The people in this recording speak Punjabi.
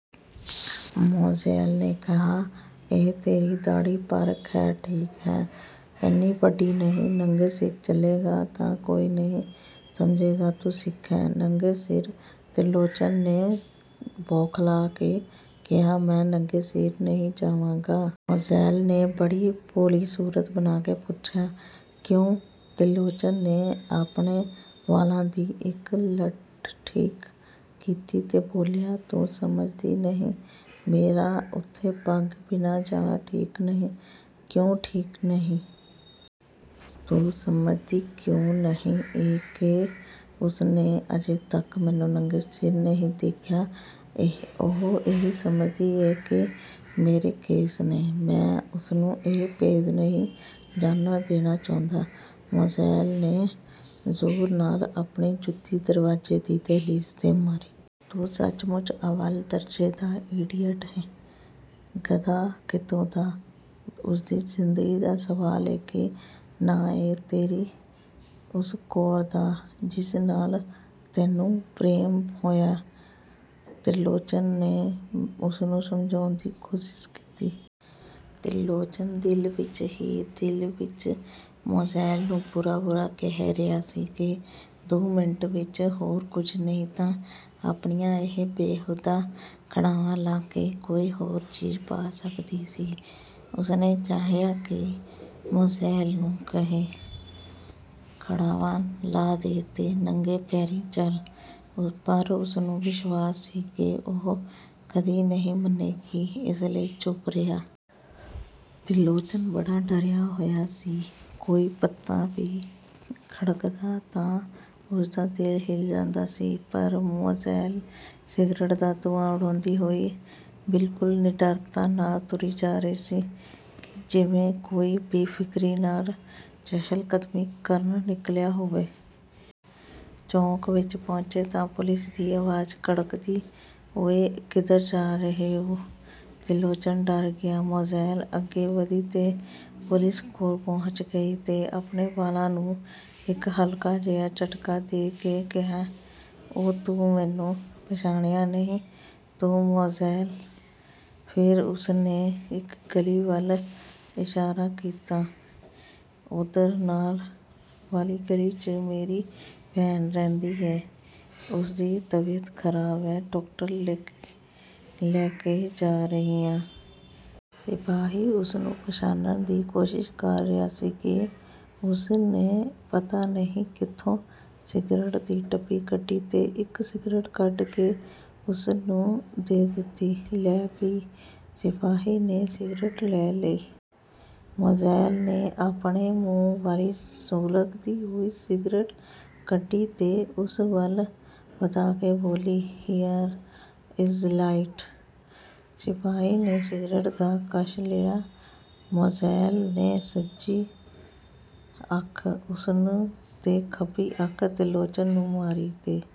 ਮੋਜ਼ੇਲ ਨੇ ਕਿਹਾ, ਇਹ ਤੇਰੀ ਦਾੜ੍ਹੀ। ਪਰ, ਖੈਰ ਠੀਕ ਐ। ਐਨੀ ਵੱਡੀ ਨਹੀਂ, ਨੰਗੇ ਸਿਰ ਚੱਲੇਂਗਾ ਤਾਂ ਕੋਈ ਨਹੀਂ ਸਮਝੇਗਾ ਕਿ ਤੂੰ ਸਿੱਖ ਏਂ। " "ਨੰਗੇ ਸਿਰ? " ਤਿਰਲੋਚਨ ਨੇ ਬੌਖਲਾ ਕੇ ਕਿਹਾ, "ਮੈਂ ਨੰਗੇ ਸਿਰ ਨਹੀਂ ਜਾਵਾਂਗਾ। " ਮੋਜ਼ੇਲ ਨੇ ਬੜੀ ਭੋਲੀ ਸੂਰਤ ਬਣਾ ਕੇ ਪੁੱਛਿਆ, "ਕਿਓਂ? " ਤਿਰਲੋਚਨ ਨੇ ਆਪਣੇ ਵਾਲਾਂ ਦੀ ਇਕ ਲਟ ਠੀਕ ਕੀਤੀ ਤੇ ਬੋਲਿਆ, "ਤੂੰ ਸਮਝਦੀ ਨਹੀਂ, ਮੇਰਾ ਉੱਥੇ ਪੱਗ ਬਿਨਾਂ ਜਾਣਾ ਠੀਕ ਨਹੀਂ। " "ਕਿਓਂ ਠੀਕ ਨਹੀਂ? " "ਤੂੰ ਸਮਝਦੀ ਕਿਓਂ ਨਹੀਂ ਏਂ ਕਿ ਉਸਨੇ ਅਜੇ ਤਕ ਮੈਨੂੰ ਨੰਗੇ ਸਿਰ ਨਹੀਂ ਦੇਖਿਆ। ਉਹ ਇਹੀ ਸਮਝਦੀ ਏ ਕਿ ਮੇਰੇ ਕੇਸ ਨੇ। ਮੈਂ ਉਸਨੂੰ ਇਹ ਭੇਦ ਨਹੀਂ ਜਾਣਨ ਦੇਣਾ ਚਾਹੁੰਦਾ। " ਮੋਜ਼ੇਲ ਨੇ ਜ਼ੋਰ ਨਾਲ ਆਪਣੀ ਜੁਤੀ ਦਰਵਾਜ਼ੇ ਦੀ ਦਹਿਲੀਜ਼ 'ਤੇ ਮਾਰੀ। "ਤੂੰ ਸੱਚਮੁੱਚ ਅਵੱਲ ਦਰਜੇ ਦਾ ਈਡੀਅਟ ਏਂ, ਗਧਾ ਕਿਤੋਂ ਦਾ! ਉਸਦੀ ਜ਼ਿੰਦਗੀ ਦਾ ਸਵਾਲ ਏ, ਕੀ ਨਾਂ ਏਂ ਤੇਰੀ ਉਸ ਕੌਰ ਦਾ, ਜਿਸ ਨਾਲ ਤੈਨੂੰ ਪ੍ਰੇਮ ਹੋਇਐ? " ਤਿਰਲੋਚਨ ਨੇ ਉਸਨੂੰ ਸਮਝਾਉਣ ਦੀ ਕੋਸ਼ਿਸ਼ ਕੀਤੀ। ਤਿਰਲੋਚਨ ਦਿਲ ਹੀ ਦਿਲ ਵਿਚ ਮੋਜ਼ੇਲ ਨੂੰ ਬੁਰਾ-ਭਲਾ ਕਹਿ ਰਿਹਾ ਸੀ ਕਿ ਦੋ ਮਿੰਟ ਵਿਚ ਹੋਰ ਕੁਝ ਨਹੀਂ ਤਾਂ ਆਪਣੀਆਂ ਇਹ ਬੇਹੂਦਾ ਖੜਾਵਾਂ ਲਾਹ ਕੇ ਕੋਈ ਹੋਰ ਚੀਜ਼ ਪਾ ਸਕਦੀ ਸੀ। ਉਸਨੇ ਚਾਹਿਆ ਕਿ ਮੋਜ਼ੇਲ ਨੂੰ ਕਹੇ, ਖੜਾਵਾਂ ਲਾਹ ਦੇ ਤੇ ਨੰਗੇ ਪੈਰੀਂ ਚੱਲ, ਪਰ ਉਸਨੂੰ ਵਿਸ਼ਵਾਸ ਸੀ ਕਿ ਉਹ ਕਦੀ ਨਹੀਂ ਮੰਨੇਗੀ, ਇਸ ਲਈ ਚੁੱਪ ਰਿਹਾ। ਤਿਰਲੋਚਨ ਬੜਾ ਡਰਿਆ ਹੋਇਆ ਸੀ, ਕੋਈ ਪੱਤਾ ਵੀ ਖੜਕਦਾ ਤਾਂ ਉਸਦਾ ਦਿਲ ਹਿੱਲ ਜਾਂਦਾ ਸੀ, ਪਰ ਮੋਜ਼ੇਲ ਸਿਗਰਟ ਦਾ ਧੂੰਆਂ ਉਡਾਉਂਦੀ ਹੋਈ ਬਿਲਕੁਲ ਨਿਡਰਤਾ ਨਾਲ ਤੁਰੀ ਜਾ ਰਹੀ ਸੀ, ਜਿਵੇਂ ਕੋਈ ਬੇਫ਼ਿਕਰੀ ਨਾਲ ਚਹਿਲ-ਕਦਮੀ ਕਰਨ ਨਿਕਲਿਆ ਹੋਵੇ। ਚੌਕ ਵਿਚ ਪਹੁੰਚੇ ਤਾਂ ਪੁਲਿਸ ਦੀ ਆਵਾਜ਼ ਕੜਕੀ, "ਓਇ, ਕਿੱਧਰ ਜਾ ਰਹੇ ਓਂ? " ਤਿਰਲੋਚਨ ਡਰ ਗਿਆ। ਮੋਜ਼ੇਲ ਅੱਗੇ ਵਧੀ ਤੇ ਪੁਲਿਸ ਕੋਲ ਪਹੁੰਚ ਗਈ ਤੇ ਆਪਣੇ ਵਾਲਾਂ ਨੂੰ ਇਕ ਹਲਕਾ-ਜਿਹਾ ਝਟਕਾ ਦੇ ਕੇ ਕਿਹਾ, "ਓ-ਤੂੰ ਮੈਨੂੰ ਪਛਾਣਿਆਂ ਨਹੀਂ ਤੂੰ ਮੋਜ਼ੇਲ " ਫੇਰ ਉਸਨੇ ਇਕ ਗਲੀ ਵੱਲ ਇਸ਼ਾਰਾ ਕੀਤਾ, "ਓਧਰ, ਉਸ ਨਾਲ ਵਾਲੀ ਗਲੀ 'ਚ ਮੇਰੀ ਭੈਣ ਰਹਿੰਦੀ ਐ, ਉਸਦੀ ਤਬੀਅਤ ਖਰਾਬ ਏ, ਡਾਕਟਰ ਲੈ ਕੇ ਜਾ ਰਹੀ ਆਂ। " ਸਿਪਾਹੀ ਉਸਨੂੰ ਪਛਾਣਨ ਦੀ ਕੋਸ਼ਿਸ਼ ਕਰ ਰਿਹਾ ਸੀ ਕਿ ਉਸਨੇ ਪਤਾ ਨਹੀਂ ਕਿੱਥੋਂ ਸਿਗਰਟ ਦੀ ਡੱਬੀ ਕੱਢੀ ਤੇ ਇਕ ਸਿਗਰਟ ਕੱਢ ਕੇ ਉਸਨੂੰ ਦੇ ਦਿੱਤੀ। "ਲੈ, ਪੀ! " ਸਿਪਾਹੀ ਨੇ ਸਿਗਰਟ ਲੈ ਲਈ। ਮੋਜ਼ੇਲ ਨੇ ਆਪਣੇ ਮੂੰਹ ਵਾਲੀ ਸੁਲਗਦੀ ਹੋਈ ਸਿਗਰਟ ਕੱਢੀ ਤੇ ਉਸ ਵੱਲ ਵਧਾ ਕੇ ਬੋਲੀ, "ਹੀਯਰ ਇਜ਼ ਲਾਈਟ। " ਸਿਪਾਹੀ ਨੇ ਸਿਗਰਟ ਦਾ ਕਸ਼ ਲਿਆ, ਮੋਜ਼ੇਲ ਨੇ ਸੱਜੀ ਅੱਖ ਉਸਨੂੰ ਤੇ ਖੱਬੀ ਅੱਖ ਤਿਰਲੋਚਨ ਨੂੰ ਮਾਰੀ ਤੇ